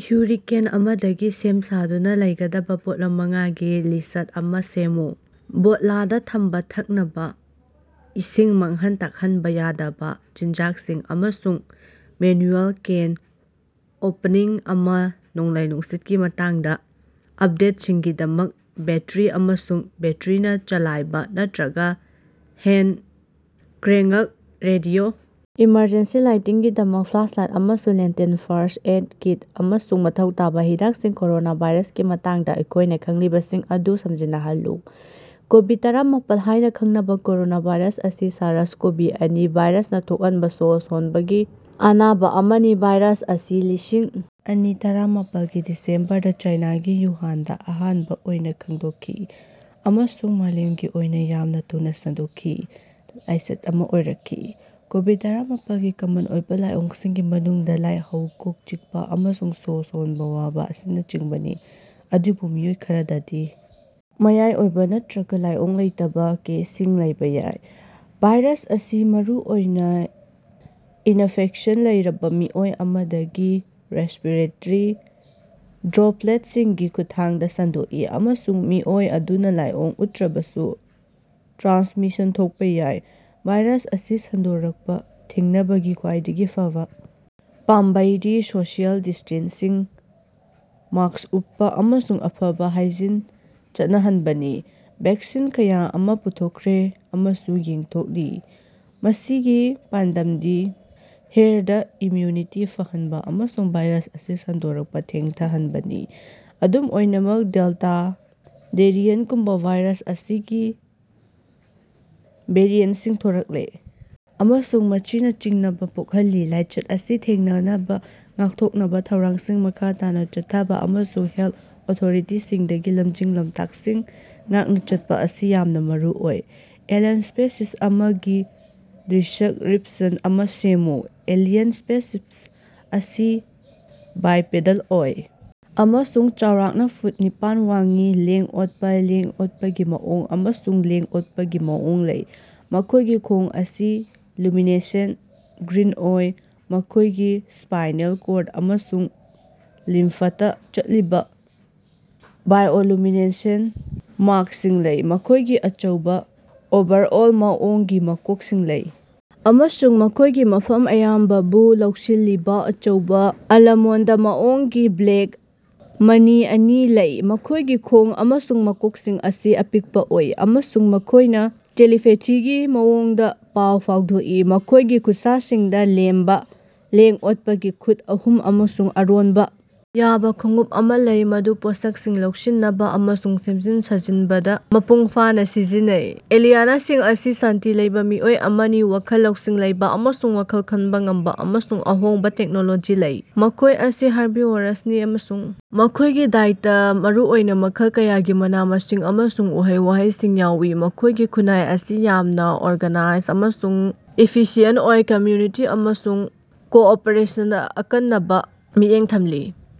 Hurricane ꯑꯃꯥꯒꯤꯗꯃꯛ ꯁꯦꯝ-ꯁꯥꯗꯨꯅ ꯂꯩꯒꯗꯕ ꯄꯣꯠꯂꯝ ꯃꯉꯥꯒꯤ ꯂꯤꯁ꯭ꯠ ꯑꯃꯥ ꯁꯦꯝꯃꯨ꯫ ꯕꯣꯇꯂꯗꯥ ꯊꯝꯕ ꯊꯛꯅꯕ ꯏꯁꯤꯡ ꯃꯥꯡꯍꯟ ꯇꯥꯛꯍꯟꯕ ꯌꯥꯗꯕ ꯆꯤꯟꯖꯥꯛꯁꯤꯡ ꯑꯃꯁꯨꯡ ꯃꯦꯟꯌꯨꯑꯦꯜ ꯀꯦꯟ ꯑꯣꯄꯅꯤꯡ ꯑꯃꯥ ꯅꯣꯡꯂꯩ-ꯅꯨꯡꯁꯤꯠꯀꯤ ꯃꯇꯥꯡꯗ ꯑꯄꯗꯦꯠꯁꯤꯡꯒꯤꯗꯃꯛ ꯕꯦꯠꯇꯔꯤ ꯑꯃꯁꯨꯡ ꯕꯦꯠꯇꯔꯤꯅꯥ ꯆꯂꯥꯏꯕꯥ ꯅꯠꯇ꯭ꯔꯒ ꯍꯦꯟꯗ ꯀ꯭ꯔꯦꯉ꯭ꯛ ꯔꯦꯗꯤꯑꯣ ꯑꯦꯃꯔꯖꯦꯟꯁꯤ ꯂꯥꯏꯇꯤꯡꯒꯤꯗꯃꯛ ꯐ꯭ꯂꯥꯁꯂꯥꯏꯠ ꯑꯃꯁꯨꯡ ꯂꯦꯟꯇꯦꯟ ꯐꯥꯔꯁ꯭ꯠ ꯑꯦꯏꯗ ꯀꯤꯠ ꯑꯃꯁꯨꯡ ꯃꯊꯧ ꯇꯥꯕꯥ ꯍꯤꯗꯥꯛꯁꯤꯡ꯫ ꯀꯣꯔꯣꯅꯥꯚꯥꯏꯔꯁꯀꯤ ꯃꯇꯥꯡꯗ ꯑꯩꯈꯣꯏꯅ ꯈꯪꯂꯤꯕꯁꯤꯡ ꯑꯗꯨ ꯁꯝꯖꯤꯟꯅꯍꯜꯂꯨ꯫ ꯀꯣꯕꯤꯗ-ꯇꯔꯥꯃꯄꯥꯜ ꯍꯥꯏꯅ ꯈꯪꯅꯕ ꯀꯣꯔꯣꯅꯥꯚꯥꯏꯔꯁ ꯑꯁꯤ ꯁꯥꯔꯁ-ꯀꯣꯚꯤ-ꯑꯅꯤ ꯚꯥꯏꯔꯁꯅꯥ ꯊꯣꯛꯍꯟꯕ ꯁ꯭ꯣꯁ ꯍꯣꯟꯕꯒꯤ ꯑꯅꯥꯕ ꯑꯃꯅꯤ꯫ ꯚꯥꯏꯔꯁ ꯑꯁꯤ ꯂꯤꯁꯤꯡ ꯑꯅꯤ ꯇꯔꯥꯃꯄꯥꯜꯒꯤ ꯗꯤꯁꯦꯝꯕꯔꯗꯥ ꯆꯥꯏꯅꯥꯒꯤ ꯋꯨꯍꯥꯟꯗ ꯑꯍꯥꯟꯕ ꯑꯣꯏꯅ ꯈꯪꯗꯣꯛꯈꯤ ꯑꯃꯁꯨꯡ ꯃꯥꯂꯦꯝꯒꯤ ꯑꯣꯏꯅ ꯌꯥꯝꯅ ꯊꯨꯅ ꯁꯟꯗꯣꯛꯈꯤ, ꯂꯥꯏꯆꯠ ꯑꯃꯥ ꯑꯣꯏꯔꯛꯈꯤ꯫ ꯀꯣꯕꯤꯗ-ꯇꯔꯥꯃꯄꯥꯜꯒꯤ ꯀꯃꯟ ꯑꯣꯏꯕ ꯂꯥꯏꯑꯣꯡꯁꯤꯡꯒꯤ ꯃꯅꯨꯡꯗꯥ ꯂꯥꯏꯍꯧ, ꯀꯣꯛ ꯆꯤꯛꯄꯥ, ꯑꯃꯁꯨꯡ ꯁ꯭ꯣꯁ ꯍꯣꯟꯕ ꯋꯥꯕ ꯑꯁꯤꯅꯆꯤꯡꯕꯅꯤ, ꯑꯗꯨꯕꯨ ꯃꯤꯑꯣꯏ ꯈꯔꯗꯗꯤ ꯃꯌꯥꯏ ꯑꯣꯏꯕ ꯅꯠꯇ꯭ꯔꯒ ꯂꯥꯏꯑꯣꯡ ꯂꯩꯇꯕ ꯀꯦꯁꯁꯤꯡ ꯂꯩꯕ ꯌꯥꯏ꯫ ꯚꯥꯏꯔꯁ ꯑꯁꯤ ꯃꯔꯨꯑꯣꯏꯅ ꯏꯅꯐꯦꯛꯁꯟ ꯂꯩꯔꯕ ꯃꯤꯑꯣꯏ ꯑꯃꯗꯒꯤ ꯔꯦꯁ꯭ꯄꯤꯔꯦꯇꯔꯤ ꯗ꯭ꯔꯣꯄꯂꯦꯠꯁꯤꯡꯒꯤ ꯈꯨꯠꯊꯥꯡꯗ ꯁꯟꯗꯣꯛꯏ, ꯑꯃꯁꯨꯡ ꯃꯤꯑꯣꯏ ꯑꯗꯨꯅ ꯂꯥꯏꯑꯣꯡ ꯎꯠꯇ꯭ꯔꯕꯁꯨ ꯇ꯭ꯔꯥꯟꯁꯃꯤꯁꯟ ꯊꯣꯛꯄꯥ ꯌꯥꯏ꯫ ꯚꯥꯏꯔꯁ ꯑꯁꯤ ꯁꯟꯗꯣꯔꯛꯄꯥ ꯊꯤꯡꯅꯕꯒꯤ ꯈ꯭ꯋꯥꯏꯗꯒꯤ ꯐꯕꯥ ꯄꯥꯝꯕꯩꯗꯤ ꯁꯣꯁꯤꯑꯦꯜ ꯗꯤꯁ꯭ꯇꯦꯟꯁꯤꯡ, ꯃꯥꯁ꯭ꯛ ꯎꯞꯄꯥ, ꯑꯃꯁꯨꯡ ꯑꯐꯕꯥ ꯍꯥꯏꯖꯤꯟ ꯆꯠꯅꯍꯟꯕꯅꯤ꯫ ꯚꯦꯛꯁꯤꯟ ꯀꯌꯥ ꯑꯃꯥ ꯄꯨꯊꯣꯛꯈ꯭ꯔꯦ ꯑꯃꯁꯨꯡ ꯌꯦꯟꯊꯣꯛꯂꯤ, ꯃꯁꯤꯒꯤ ꯄꯥꯟꯗꯝꯗꯤ ꯍꯦꯔꯗ ꯏꯝꯌꯨꯅꯤꯇꯤ ꯐꯍꯟꯕ ꯑꯃꯁꯨꯡ ꯚꯥꯏꯔꯁ ꯑꯁꯤ ꯁꯟꯗꯣꯔꯛꯄꯥ ꯊꯦꯡꯊꯍꯟꯕꯅꯤ꯫ ꯑꯗꯨꯝ ꯑꯣꯏꯅꯃꯛ, ꯗꯦꯜꯇꯥ ꯚꯦꯔꯤꯌꯟꯇꯒꯨꯝꯕꯥ ꯚꯥꯏꯔꯁ ꯑꯁꯤꯒꯤ ꯚꯦꯔꯤꯑꯦꯟꯇꯁꯤꯡ ꯊꯣꯔꯛꯂꯦ ꯑꯃꯁꯨꯡ ꯃꯁꯤꯅꯥ ꯆꯤꯡꯅꯕꯥ ꯄꯣꯛꯍꯜꯂꯤ꯫ ꯂꯥꯏꯆꯠ ꯑꯁꯤ ꯊꯦꯡꯅꯅꯕꯥ ꯉꯥꯛꯊꯣꯛꯅꯕ ꯊꯧꯔꯥꯡꯁꯤꯡ ꯃꯈꯥ ꯇꯥꯅꯥ ꯆꯠꯊꯕꯥ ꯑꯃꯁꯨꯡ ꯍꯦꯜꯊ ꯑꯣꯊꯣꯔꯤꯇꯤꯁꯤꯡꯗꯒꯤ ꯂꯝꯖꯤꯡ-ꯂꯃꯇꯥꯛꯁꯤꯡ ꯉꯥꯛꯅ ꯆꯠꯄꯥ ꯑꯁꯤ ꯌꯥꯝꯅ ꯃꯔꯨ ꯑꯣꯏ꯫ ꯑꯦꯂꯤꯌꯟ ꯁ꯭ꯄꯦꯁꯤꯁ ꯑꯃꯒꯤ ꯗꯤꯁ꯭ꯛꯔꯤꯄꯁꯟ ꯑꯃꯥ ꯁꯦꯝꯃꯨ꯫ ꯑꯦꯂꯤꯌꯟ ꯁ꯭ꯄꯦꯁꯤꯁ ꯑꯁꯤ ꯕꯥꯏꯄꯦꯗꯜ ꯑꯣꯏ ꯑꯃꯁꯨꯡ ꯆꯥꯎꯔꯥꯛꯅꯥ ꯐꯨꯠ ꯅꯤꯄꯥꯟ ꯋꯥꯡꯏ, ꯂꯦꯡ-ꯑꯣꯠꯄꯥ, ꯂꯦꯡ-ꯑꯣꯠꯄꯒꯤ ꯃꯑꯣꯡ ꯑꯃꯁꯨꯡ ꯂꯦꯡ-ꯑꯣꯠꯄꯒꯤ ꯃꯑꯣꯡ ꯂꯩ꯫ ꯃꯈꯣꯏꯒꯤ ꯈꯣꯡ ꯑꯁꯤ ꯂꯨꯃꯤꯅꯦꯁꯦꯟꯇ ꯒ꯭ꯔꯤꯟ ꯑꯣꯏ, ꯃꯈꯣꯏꯒꯤ ꯁ꯭ꯄꯥꯏꯅꯦꯜ ꯀꯣꯔꯗ ꯑꯃꯁꯨꯡ ꯂꯤꯝꯐꯇꯥ ꯆꯠꯂꯤꯕꯥ ꯕꯥꯏꯑꯣꯂꯨꯃꯤꯅꯦꯁꯦꯟꯇ ꯃꯥꯔꯀꯁꯤꯡ ꯂꯩ꯫ ꯃꯈꯣꯏꯒꯤ ꯑꯆꯧꯕ, ꯑꯣꯚꯔꯑꯣꯜ ꯃꯑꯣꯡꯒꯤ ꯃꯀꯣꯛꯁꯤꯡ ꯂꯩ ꯑꯃꯁꯨꯡ ꯃꯈꯣꯏꯒꯤ ꯃꯐꯝ ꯑꯌꯥꯝꯕꯕꯨ ꯂꯧꯁꯤꯜꯂꯤꯕ ꯑꯆꯧꯕ, ꯑꯂꯃꯣꯟꯗ ꯃꯑꯣꯡꯒꯤ ꯕ꯭ꯂꯦꯛ ꯃꯅꯤ ꯑꯅꯤ ꯂꯩ꯫ ꯃꯈꯣꯏꯒꯤ ꯃꯈꯣꯡ ꯑꯃꯁꯨꯡ ꯃꯀꯣꯛꯁꯤꯡ ꯑꯁꯤ ꯑꯄꯤꯛꯄꯥ ꯑꯣꯏ, ꯑꯃꯁꯨꯡ ꯃꯈꯣꯏꯅ ꯇꯦꯂꯤꯄꯦꯊꯤꯒꯤ ꯃꯑꯣꯡꯗꯥ ꯄꯥꯎ ꯐꯥꯎꯗꯣꯛꯏ꯫ ꯃꯈꯣꯏꯒꯤ ꯈꯨꯠꯁꯥꯁꯤꯡꯗꯥ ꯂꯦꯝꯕꯥ, ꯂꯦꯡ-ꯑꯣꯠꯄꯒꯤ ꯃꯈꯨꯠ ꯑꯍꯨꯝ ꯑꯃꯁꯨꯡ ꯑꯔꯣꯟꯕꯥ ꯌꯥꯕ ꯈꯣꯡꯎꯞ ꯑꯃꯥ ꯂꯩ, ꯃꯗꯨ ꯄꯣꯠꯁꯛꯁꯤꯡ ꯂꯧꯁꯤꯅꯕꯥ ꯑꯃꯁꯨꯡ ꯁꯦꯝꯖꯤꯟ-ꯁꯥꯖꯤꯅꯕꯗꯥ ꯃꯄꯨꯡ ꯐꯥꯅꯥ ꯁꯤꯖꯤꯟꯅꯩ꯫ ꯑꯦꯂꯤꯌꯅꯁꯤꯡ ꯑꯁꯤ ꯁꯥꯟꯇꯤ ꯂꯩꯕ ꯃꯤꯑꯣꯏ ꯑꯃꯅꯤ, ꯋꯥꯈꯜ ꯂꯧꯁꯤꯡ ꯂꯩꯕꯥ ꯑꯃꯁꯨꯡ ꯋꯥꯈꯜ ꯈꯟꯕ ꯉꯝꯕ ꯑꯃꯁꯨꯡ ꯑꯍꯣꯡꯕꯥ ꯇꯦꯛꯅꯣꯂꯣꯖꯤ ꯂꯩ꯫ ꯃꯈꯣꯏ ꯑꯁꯤ ꯍꯥꯔꯕꯤꯑꯣꯔꯁꯅꯤ, ꯑꯃꯁꯨꯡ ꯃꯈꯣꯏꯒꯤ ꯗꯥꯏꯇꯥ ꯃꯔꯨꯑꯣꯏꯅ ꯃꯈꯜ ꯀꯌꯥꯒꯤ ꯃꯅꯥ-ꯃꯁꯤꯡ ꯑꯃꯁꯨꯡ ꯎꯍꯩ-ꯋꯥꯍꯩꯁꯤꯡ ꯌꯥꯎꯏ꯫ ꯃꯈꯣꯏꯒꯤ ꯈꯨꯟꯅꯥꯏ ꯑꯁꯤ ꯌꯥꯝꯅꯥ ꯑꯣꯔꯒꯅꯥꯏꯖ ꯑꯃꯁꯨꯡ ꯏꯐꯤꯁꯤꯌꯦꯟꯇ ꯑꯣꯏ, ꯀꯝꯌꯨꯅꯤꯇꯤ ꯑꯃꯁꯨꯡ ꯀꯣꯑꯣꯄꯔꯦꯁꯟꯗꯥ ꯑꯀꯟꯅꯕꯥ ꯃꯤꯠꯌꯦꯡ ꯊꯝꯂꯤ ꯫